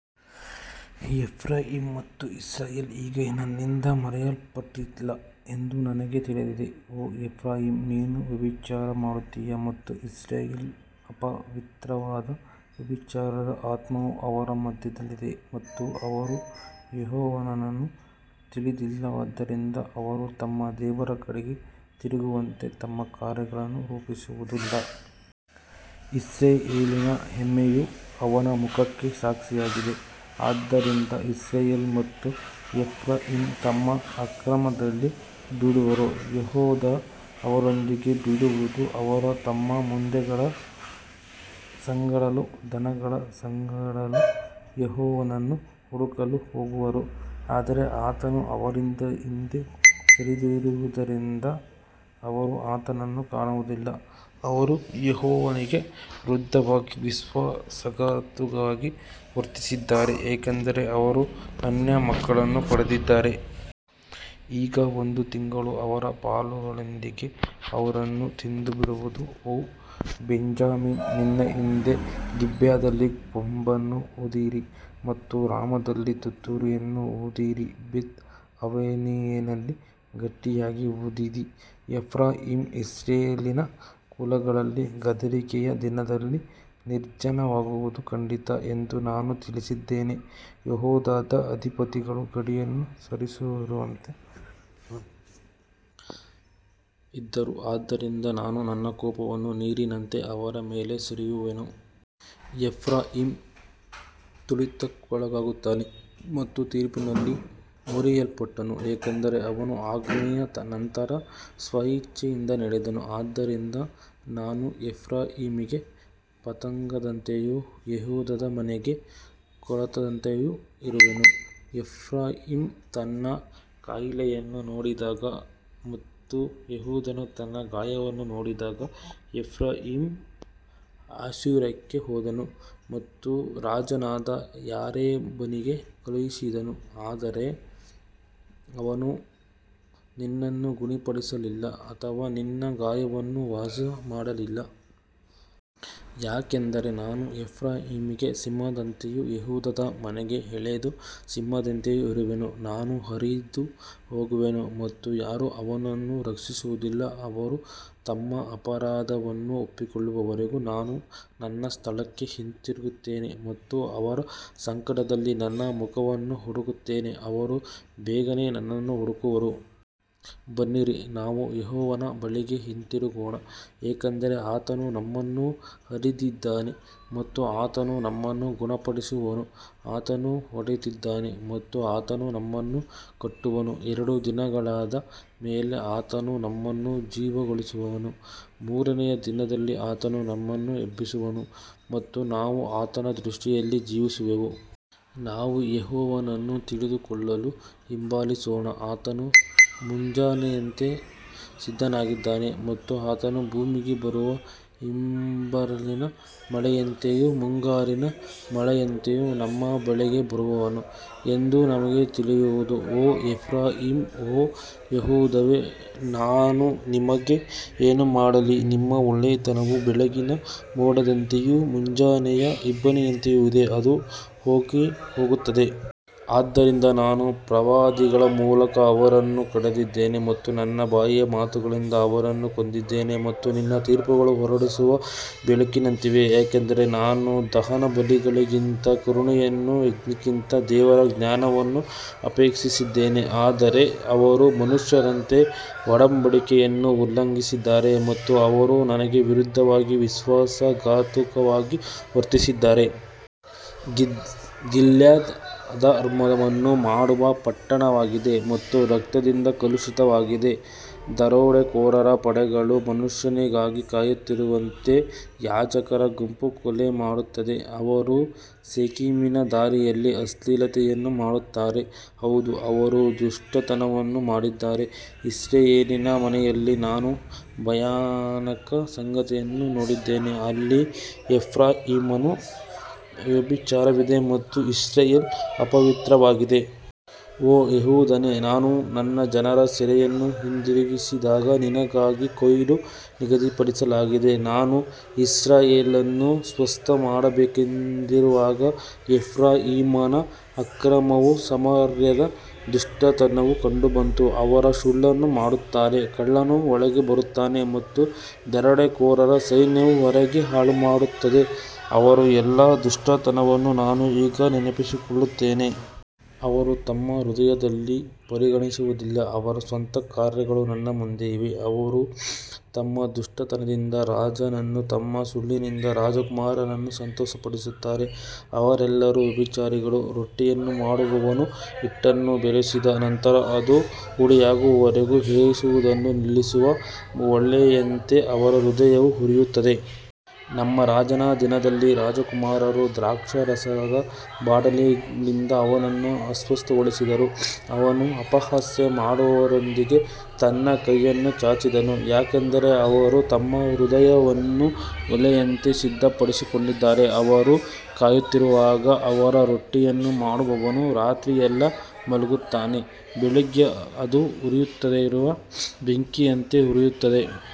Ephraim ಮತ್ತು Israel ಈಗ ನನ್ನಿಂದ ಮರೆಮಾಡಲ್ಪಟ್ಟಿಲ್ಲ ಎಂದು ನನಗೆ ತಿಳಿದಿದೆ. ಓ ಎಫ್ರಾಯೀಮ್, ನೀನು ವ್ಯಭಿಚಾರ ಮಾಡುತ್ತೀಯ ಮತ್ತು ಇಸ್ರಾಯೇಲ್ ಅಪವಿತ್ರವಾಗಿದೆ. ವ್ಯಭಿಚಾರದ ಆತ್ಮವು ಅವರ ಮಧ್ಯದಲ್ಲಿದೆ ಮತ್ತು ಅವರು ಯೆಹೋವನನ್ನು ತಿಳಿದಿಲ್ಲವಾದ್ದರಿಂದ ಅವರು ತಮ್ಮ ದೇವರ ಕಡೆಗೆ ತಿರುಗುವಂತೆ ತಮ್ಮ ಕಾರ್ಯಗಳನ್ನು ರೂಪಿಸುವುದಿಲ್ಲ. ಇಸ್ರಾಯೇಲಿನ ಹೆಮ್ಮೆಯು ಅವನ ಮುಖಕ್ಕೆ ಸಾಕ್ಷಿಯಾಗಿದೆ, ಆದ್ದರಿಂದ ಇಸ್ರಾಯೇಲ್ ಮತ್ತು ಎಫ್ರಾಯೀಮ್ ತಮ್ಮ ಅಕ್ರಮದಲ್ಲಿ ಬೀಳುವರು, ಯೆಹೂದವೂ ಅವರೊಂದಿಗೆ ಬೀಳುವುದು. ಅವರು ತಮ್ಮ ಮಂದೆಗಳ ಸಂಗಡಲೂ ದನಗಳ ಸಂಗಡಲೂ ಯೆಹೋವನನ್ನು ಹುಡುಕಲು ಹೋಗುವರು, ಆದರೆ ಆತನು ಅವರಿಂದ ಹಿಂದೆ ಸರಿದಿರುವುದರಿಂದ ಅವರು ಆತನನ್ನು ಕಾಣುವುದಿಲ್ಲ. ಅವರು ಯೆಹೋವನಿಗೆ ವಿರುದ್ಧವಾಗಿ ವಿಶ್ವಾಸಘಾತುಕವಾಗಿ ವರ್ತಿಸಿದ್ದಾರೆ, ಏಕೆಂದರೆ ಅವರು ಅನ್ಯ ಮಕ್ಕಳನ್ನು ಪಡೆದಿದ್ದಾರೆ. ಈಗ ಒಂದು ತಿಂಗಳು ಅವರ ಪಾಲುಗಳೊಂದಿಗೆ ಅವರನ್ನು ತಿಂದುಬಿಡುವುದು. ಓ ಬೆಂಜಮಿನ್, ನಿನ್ನ ಹಿಂದೆ ಗಿಬ್ಯದಲ್ಲಿ ಕೊಂಬನ್ನು ಊದಿರಿ ಮತ್ತು ರಾಮದಲ್ಲಿ ತುತ್ತೂರಿಯನ್ನು ಊದಿರಿ. ಬೇತ್ ಆವೆನಿನಲ್ಲಿ ಗಟ್ಟಿಯಾಗಿ ಊದಿರಿ. ಎಫ್ರಾಯೀಮ್ ಇಸ್ರಾಯೇಲಿನ ಕುಲಗಳಲ್ಲಿ ಗದರಿಕೆಯ ದಿನದಲ್ಲಿ ನಿರ್ಜನವಾಗುವುದು ಖಂಡಿತ ಎಂದು ನಾನು ತಿಳಿಸಿದ್ದೇನೆ. ಯೆಹೂದದ ಅಧಿಪತಿಗಳು ಗಡಿಯನ್ನು ಸರಿಸುವವರಂತೆ ಇದ್ದರು, ಆದ್ದರಿಂದ ನಾನು ನನ್ನ ಕೋಪವನ್ನು ನೀರಿನಂತೆ ಅವರ ಮೇಲೆ ಸುರಿಸುವೆನು. ಎಫ್ರಾಯೀಮ್ ತುಳಿತಕ್ಕೊಳಗಾಗುತ್ತಾನೆ ಮತ್ತು ತೀರ್ಪಿನಲ್ಲಿ ಮುರಿಯಲ್ಪಟ್ಟನು, ಏಕೆಂದರೆ ಅವನು ಆಜ್ಞೆಯ ನಂತರ ಸ್ವಇಚ್ಛೆಯಿಂದ ನಡೆದನು. ಆದ್ದರಿಂದ ನಾನು ಎಫ್ರಾಯೀಮಿಗೆ ಪತಂಗದಂತೆಯೂ ಯೆಹೂದದ ಮನೆಗೆ ಕೊಳೆತದಂತೆಯೂ ಇರುವೆನು. ಎಫ್ರಾಯೀಮ್ ತನ್ನ ಕಾಯಿಲೆಯನ್ನು ನೋಡಿದಾಗ ಮತ್ತು ಯೆಹೂದನು ತನ್ನ ಗಾಯವನ್ನು ನೋಡಿದಾಗ, ಎಫ್ರಾಯೀಮ್ ಅಶ್ಶೂರಕ್ಕೆ ಹೋದನು ಮತ್ತು ರಾಜನಾದ ಯಾರೆಬನಿಗೆ ಕಳುಹಿಸಿದನು, ಆದರೆ ಅವನು ನಿನ್ನನ್ನು ಗುಣಪಡಿಸಲಿಲ್ಲ ಅಥವಾ ನಿನ್ನ ಗಾಯವನ್ನು ವಾಸಿಮಾಡಲಿಲ್ಲ. ಯಾಕಂದರೆ ನಾನು ಎಫ್ರಾಯೀಮಿಗೆ ಸಿಂಹದಂತೆಯೂ ಯೆಹೂದದ ಮನೆಗೆ ಎಳೆಯ ಸಿಂಹದಂತೆಯೂ ಇರುವೆನು. ನಾನು ಹರಿದು ಹೋಗುವೆನು ಮತ್ತು ಯಾರೂ ಅವನನ್ನು ರಕ್ಷಿಸುವುದಿಲ್ಲ. ಅವರು ತಮ್ಮ ಅಪರಾಧವನ್ನು ಒಪ್ಪಿಕೊಳ್ಳುವವರೆಗೂ ನಾನು ನನ್ನ ಸ್ಥಳಕ್ಕೆ ಹಿಂತಿರುಗುತ್ತೇನೆ ಮತ್ತು ಅವರ ಸಂಕಟದಲ್ಲಿ ನನ್ನ ಮುಖವನ್ನು ಹುಡುಕುತ್ತೇನೆ. ಅವರು ಬೇಗನೆ ನನ್ನನ್ನು ಹುಡುಕುವರು. ಬನ್ನಿರಿ, ನಾವು ಯೆಹೋವನ ಬಳಿಗೆ ಹಿಂದಿರುಗೋಣ, ಏಕೆಂದರೆ ಆತನು ನಮ್ಮನ್ನು ಹರಿದಿದ್ದಾನೆ ಮತ್ತು ಆತನು ನಮ್ಮನ್ನು ಗುಣಪಡಿಸುವನು. ಆತನು ಹೊಡೆದಿದ್ದಾನೆ ಮತ್ತು ಆತನು ನಮ್ಮನ್ನು ಕಟ್ಟುವನು. ಎರಡು ದಿನಗಳಾದ ಮೇಲೆ ಆತನು ನಮ್ಮನ್ನು ಜೀವಗೊಳಿಸುವನು. ಮೂರನೆಯ ದಿನದಲ್ಲಿ ಆತನು ನಮ್ಮನ್ನು ಎಬ್ಬಿಸುವನು ಮತ್ತು ನಾವು ಆತನ ದೃಷ್ಟಿಯಲ್ಲಿ ಜೀವಿಸುವೆವು. ನಾವು ಯೆಹೋವನನ್ನು ತಿಳಿದುಕೊಳ್ಳಲು ಹಿಂಬಾಲಿಸೋಣ. ಆತನು ಮುಂಜಾನೆಯಂತೆ ಸಿದ್ಧನಾಗಿದ್ದಾನೆ ಮತ್ತು ಆತನು ಭೂಮಿಗೆ ಬರುವ ಹಿಂಬರಲಿನ ಮಳೆಯಂತೆಯೂ ಮುಂಗಾರಿನ ಮಳೆಯಂತೆಯೂ ನಮ್ಮ ಬಳಿಗೆ ಬರುವನು ಎಂದು ನಮಗೆ ತಿಳಿಯುವುದು. ಓ ಎಫ್ರಾಯೀಮ್, ಓ ಯೆಹೂದವೇ, ನಾನು ನಿಮಗೆ ಏನು ಮಾಡಲಿ. ನಿಮ್ಮ ಒಳ್ಳೆಯತನವು ಬೆಳಗಿನ ಮೋಡದಂತೆಯೂ ಮುಂಜಾನೆಯ ಇಬ್ಬನಿಯಂತೆಯೂ ಇದೆ, ಅದು ಹೋಗಿಹೋಗುತ್ತದೆ. ಆದ್ದರಿಂದ ನಾನು ಪ್ರವಾದಿಗಳ ಮೂಲಕ ಅವರನ್ನು ಕಡಿದಿದ್ದೇನೆ ಮತ್ತು ನನ್ನ ಬಾಯಿಯ ಮಾತುಗಳಿಂದ ಅವರನ್ನು ಕೊಂದಿದ್ದೇನೆ ಮತ್ತು ನಿನ್ನ ತೀರ್ಪುಗಳು ಹೊರಡುವ ಬೆಳಕಿನಂತಿವೆ. ಯಾಕಂದರೆ ನಾನು ದಹನಬಲಿಗಳಿಗಿಂತ ಕರುಣೆಯನ್ನೂ ಯಜ್ಞಕ್ಕಿಂತ ದೇವರ ಜ್ಞಾನವನ್ನೂ ಅಪೇಕ್ಷಿಸಿದ್ದೇನೆ. ಆದರೆ ಅವರು ಮನುಷ್ಯರಂತೆ ಒಡಂಬಡಿಕೆಯನ್ನು ಉಲ್ಲಂಘಿಸಿದ್ದಾರೆ ಮತ್ತು ಅವರು ನನಗೆ ವಿರುದ್ಧವಾಗಿ ವಿಶ್ವಾಸಘಾತುಕವಾಗಿ ವರ್ತಿಸಿದ್ದಾರೆ. ಗಿಲ್ಯಾದ್ ಅಧರ್ಮವನ್ನು ಮಾಡುವ ಪಟ್ಟಣವಾಗಿದೆ ಮತ್ತು ರಕ್ತದಿಂದ ಕಲುಷಿತವಾಗಿದೆ. ದರೋಡೆಕೋರರ ಪಡೆಗಳು ಮನುಷ್ಯನಿಗಾಗಿ ಕಾಯುತ್ತಿರುವಂತೆ, ಯಾಜಕರ ಗುಂಪು ಕೊಲೆಮಾಡುತ್ತದೆ. ಅವರು ಶೆಕೆಮಿನ ದಾರಿಯಲ್ಲಿ ಅಶ್ಲೀಲತೆಯನ್ನು ಮಾಡುತ್ತಾರೆ, ಹೌದು, ಅವರು ದುಷ್ಟತನವನ್ನು ಮಾಡಿದ್ದಾರೆ. ಇಸ್ರಾಯೇಲಿನ ಮನೆಯಲ್ಲಿ ನಾನು ಭಯಾನಕ ಸಂಗತಿಯನ್ನು ನೋಡಿದ್ದೇನೆ. ಅಲ್ಲಿ ಎಫ್ರಾಯೀಮನ ವ್ಯಭಿಚಾರವಿದೆ ಮತ್ತು ಇಸ್ರಾಯೇಲ್ ಅಪವಿತ್ರವಾಗಿದೆ. ಓ ಯೆಹೂದನೇ, ನಾನು ನನ್ನ ಜನರ ಸೆರೆಯನ್ನು ಹಿಂದಿರುಗಿಸಿದಾಗ ನಿನಗಾಗಿ ಕೊಯ್ಲು ನಿಗದಿಪಡಿಸಲಾಗಿದೆ. ನಾನು ಇಸ್ರಾಯೇಲನ್ನು ಸ್ವಸ್ಥಮಾಡಬೇಕೆಂದಿರುವಾಗ ಎಫ್ರಾಯೀಮನ ಅಕ್ರಮವೂ ಸಮಾರ್ಯದ ದುಷ್ಟತನವೂ ಕಂಡುಬಂತು. ಅವರು ಸುಳ್ಳನ್ನು ಮಾಡುತ್ತಾರೆ, ಕಳ್ಳನು ಒಳಗೆ ಬರುತ್ತಾನೆ ಮತ್ತು ದರೋಡೆಕೋರರ ಸೈನ್ಯವು ಹೊರಗೆ ಹಾಳುಮಾಡುತ್ತದೆ. ಅವರ ಎಲ್ಲಾ ದುಷ್ಟತನವನ್ನು ನಾನು ಈಗ ನೆನಪಿಸಿಕೊಳ್ಳುತ್ತೇನೆ. ಅವರು ತಮ್ಮ ಹೃದಯದಲ್ಲಿ ಪರಿಗಣಿಸುವುದಿಲ್ಲ, ಅವರ ಸ್ವಂತ ಕಾರ್ಯಗಳು ನನ್ನ ಮುಂದೆ ಇವೆ. ಅವರು ತಮ್ಮ ದುಷ್ಟತನದಿಂದ ರಾಜನನ್ನೂ ತಮ್ಮ ಸುಳ್ಳಿನಿಂದ ರಾಜಕುಮಾರರನ್ನೂ ಸಂತೋಷಪಡಿಸುತ್ತಾರೆ. ಅವರೆಲ್ಲರೂ ವ್ಯಭಿಚಾರಿಗಳು. ರೊಟ್ಟಿಯನ್ನು ಮಾಡುವವನು ಹಿಟ್ಟನ್ನು ಬೆರೆಸಿದ ನಂತರ ಅದು ಹುಳಿಯಾಗುವವರೆಗೆ ಏರಿಸುವುದನ್ನು ನಿಲ್ಲಿಸುವ ಒಲೆಯಂತೆ ಅವರ ಹೃದಯವು ಉರಿಯುತ್ತದೆ. ನಮ್ಮ ರಾಜನ ದಿನದಲ್ಲಿ ರಾಜಕುಮಾರರು ದ್ರಾಕ್ಷಾರಸದ ಬಾಟಲಿಗಳಿಂದ ಅವನನ್ನು ಅಸ್ವಸ್ಥಗೊಳಿಸಿದರು. ಅವನು ಅಪಹಾಸ್ಯ ಮಾಡುವವರೊಂದಿಗೆ ತನ್ನ ಕೈಯನ್ನು ಚಾಚಿದನು. ಯಾಕಂದರೆ ಅವರು ತಮ್ಮ ಹೃದಯವನ್ನು ಒಲೆಯಂತೆ ಸಿದ್ಧಪಡಿಸಿಕೊಂಡಿದ್ದಾರೆ. ಅವರು ಕಾಯುತ್ತಿರುವಾಗ ಅವರ ರೊಟ್ಟಿಯನ್ನು ಮಾಡುವವನು ರಾತ್ರಿಯೆಲ್ಲಾ ಮಲಗುತ್ತಾನೆ. ಬೆಳಿಗ್ಗೆ ಅದು ಉರಿಯುತ್ತಿರುವ ಬೆಂಕಿಯಂತೆ ಉರಿಯುತ್ತದೆ.